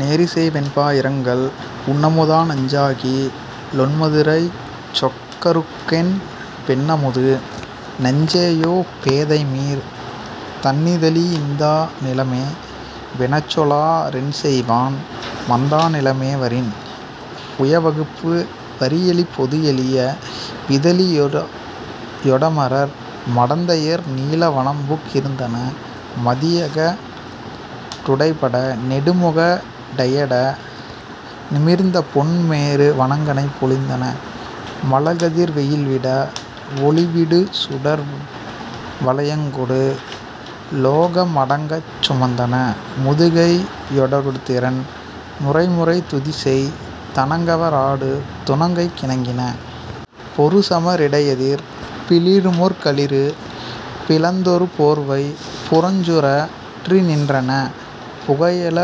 நேரிசை வெண்பா இரங்கல் உண்ணமுத நஞ்சாகி லொண்மதுரைச் சொக்கருக்கென் பெண்ணமுது நஞ்சேயோ பேதைமீர்- தண்ணிதழி இந்தா நிலமே வெனச்சொலா ரென்செய்வாண் மந்தா நிலமே வரின். புயவகுப்பு வரியளி பொதுளிய விதழியொ டமரர் மடந்தையர் நீல வனம்புக் கிருந்தன மதியக டுடைபட நெடுமுக டடைய நிமிர்ந்தபொன் மேரு வணங்கப் பொலிந்தன மழகதிர் வெயில்விட வொளிவிடு சுடர்வ லயங்கொடு லோக மடங்கச் சுமந்தன மதுகையொ டடுதிறன் முறைமுறை துதிசெய் தணங்கவ ராடு துணங்கைக் கிணங்கின. பொருசம ரிடையெதிர் பிளிறுமொர் களிறு பிளந்தொரு போர்வை புறஞ்சுற் றிநின்றன புகையெழ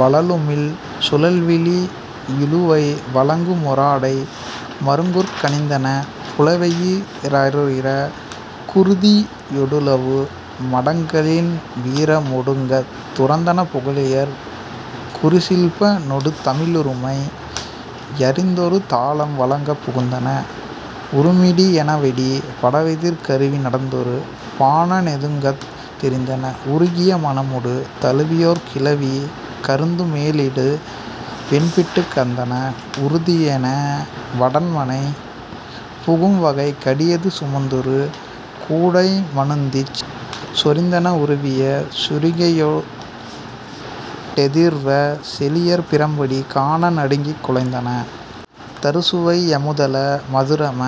வழலுமிழ் சுழல்விழி யுழுவை வழங்குமொ ராடை மருங்குற் கணிந்தன புலவெயி றயிறரு குருதியொ டுலவு மடங்கலின் வீர மொடுங்கத் துரந்தன புகலியர் குரிசில்ப ணொடுதமி ழருமை யறிந்தொரு தாளம் வழங்கப் புகுந்தன. உருமிடி யெனவெடி படவெதிர் கறுவி நடந்தொரு பாண னொதுங்கத் திரிந்தன உருகிய மனமொடு தழுவியொர் கிழவி கருந்துணி மேலிடு வெண்பிட் டுகந்தன உறுதியொ டவண்மனை புகும்வகை கடிது சுமந்தொரு கூடை மணுந்திச் சொரிந்தன உருவிய சுரிகையொ டெதிர்வரு செழியர் பிரம்படி காண நடுங்கிக் குலைந்தன. தருசுவை யமுதெழ மதுரம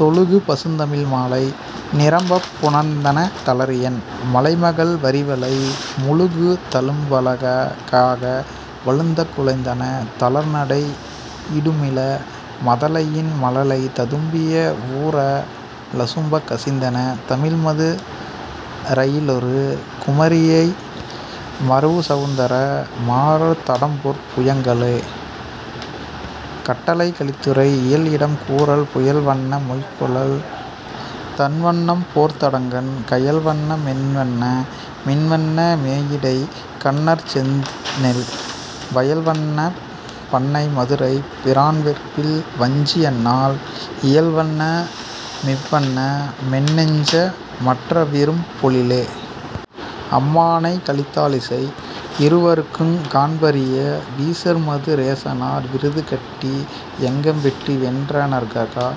தொழுகு பசுந்தமிழ் மாலை நிரம்பப் புனைந்தன தளிரியன் மலைமகள் வரிவளை முழுகு தழும்பழ காக வழுந்தக் குழைந்தன தளர்நடை யிடுமிள மதலையின் மழலை ததும்பிய வூற லசும்பக் கசிந்தன தமிழ்மது ரையிலொரு குமரியை மருவு சவுந்தர மாறர் தடம்பொற் புயங்களே. கட்டளைக்கலித்துறை இயல் இடம் கூறல் புயல்வண்ண மொய்குழல் பொன்வண்ணந் தன்வண்ணம் போர்த்தடங்கண் கயல்வண்ண மென்வண்ண மின்வண்ண மேயிடை கன்னற்செந்நெல் வயல்வண்ணப் பண்ணை மதுரைப் பிரான்வெற்பில் வஞ்சியன்னாள் இயல்வண்ண மிவ்வண்ண மென்னெஞ்ச மற்றவ் விரும்பொழிலே. அம்மானை கலித்தாழிசை இருவருக்குங் காண்பரிய வீசர்மது ரேசனார் விருதுகட்டி யங்கம்வெட்டி வென்றனர்கா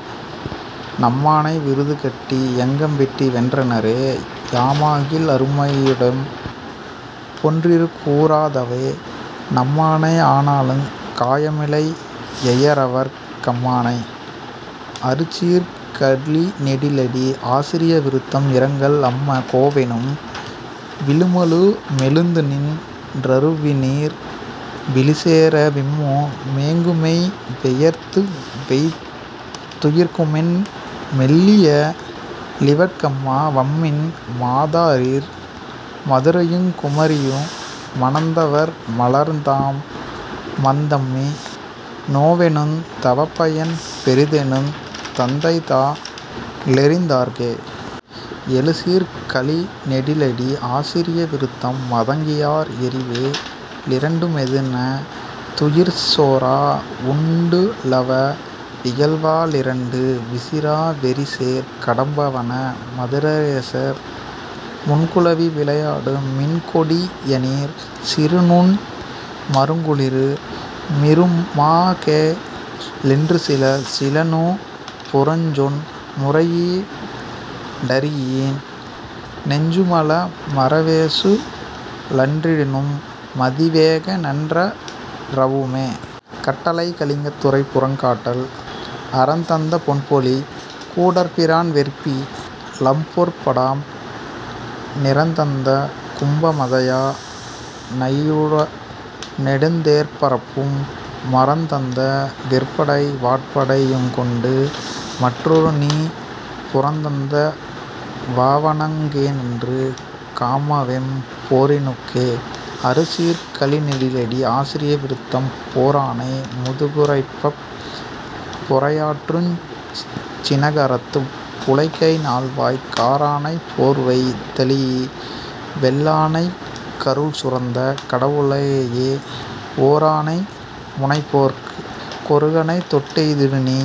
ணம்மானை விருதுகட்டி யங்கம்வெட்டி வென்றனரே யாமாகில் அருமையுடம் பொன்றிருகூ றாவதே னம்மானை ஆனாலுங் காயமிலை யையரவர்க் கம்மானை. அறுசீர்க் கழிநெடிலடி ஆசிரிய விருத்தம் இரங்கல் அம்ம கோவெனும் விழுமழு மெழுந்துநின் றருவிநீர் விழிசோர விம்மு மேங்குமெய் வெயர்த்துவெய் துயிர்க்குமென் மெல்லிய லிவட்கம்மா வம்மின் மாதரீர் மதுரையுங் குமரியு மணந்தவர் மலர்த்தாமந் தம்மி னோவெனுந் தவப்பயன் பெரிதெனுந் தந்தைதா ளெறிந்தார்க்கே. எழுசீர்க் கழிநெடிலடி ஆசிரிய விருத்தம் மதங்கியார் எறிவே லிரண்டுமென துயிர்சோர வுண்டுலவ விகல்வா ளிரண்டு விசிறா வெறிசேர் கடம்பவன மதுரேசர் முன்குலவி விளையாடு மின்கொ டியனீர் சிறுநூன் மருங்குலிறு மிறுமாகொ லென்றுசில சிலநூ புரஞ்சொன் முறையீ டறியீரென் னெஞ்சுமல மரவேசு ழன்றிடுநும் மதிவேக நன்ற றவுமே. கட்டளைக் கலித்துறை புறங் காட்டல் அறந்தந்த பொன்பொலி கூடற்பிரான் வெற்பி லம்பொற் படாம் நிறந்தந்த கும்ப மதயா னையுநெடுந் தேர்ப்பரப்பும் மறந்தந்த விற்படை வாட்படை யுங்கொண்டு மற்றொருநீ புறந்தந்த வாவணங் கேநன்று காமவெம் போரினுக்கே. அறுசீர்க் கழிநெடிலடி ஆசிரிய விருத்தம் போரானை முதுகுறைப்பப் பொறையாற்றுஞ் சினகரத்துப் புழைக்கை நால்வாய்க் காரானைப் போர்வைதழீஇ வெள்ளானைக் கருள்சுரந்த கடவு ளேயோ ஓரானை முனைப்போருக் கொருகணைதொட் டெய்திடுநீ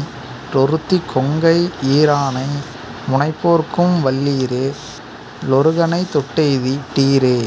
ரொருத்தி கொங்கை ஈரானை முனைப்போர்க்கும் வல்லீரே லொருகணைதொட் டெய்தி டீரே.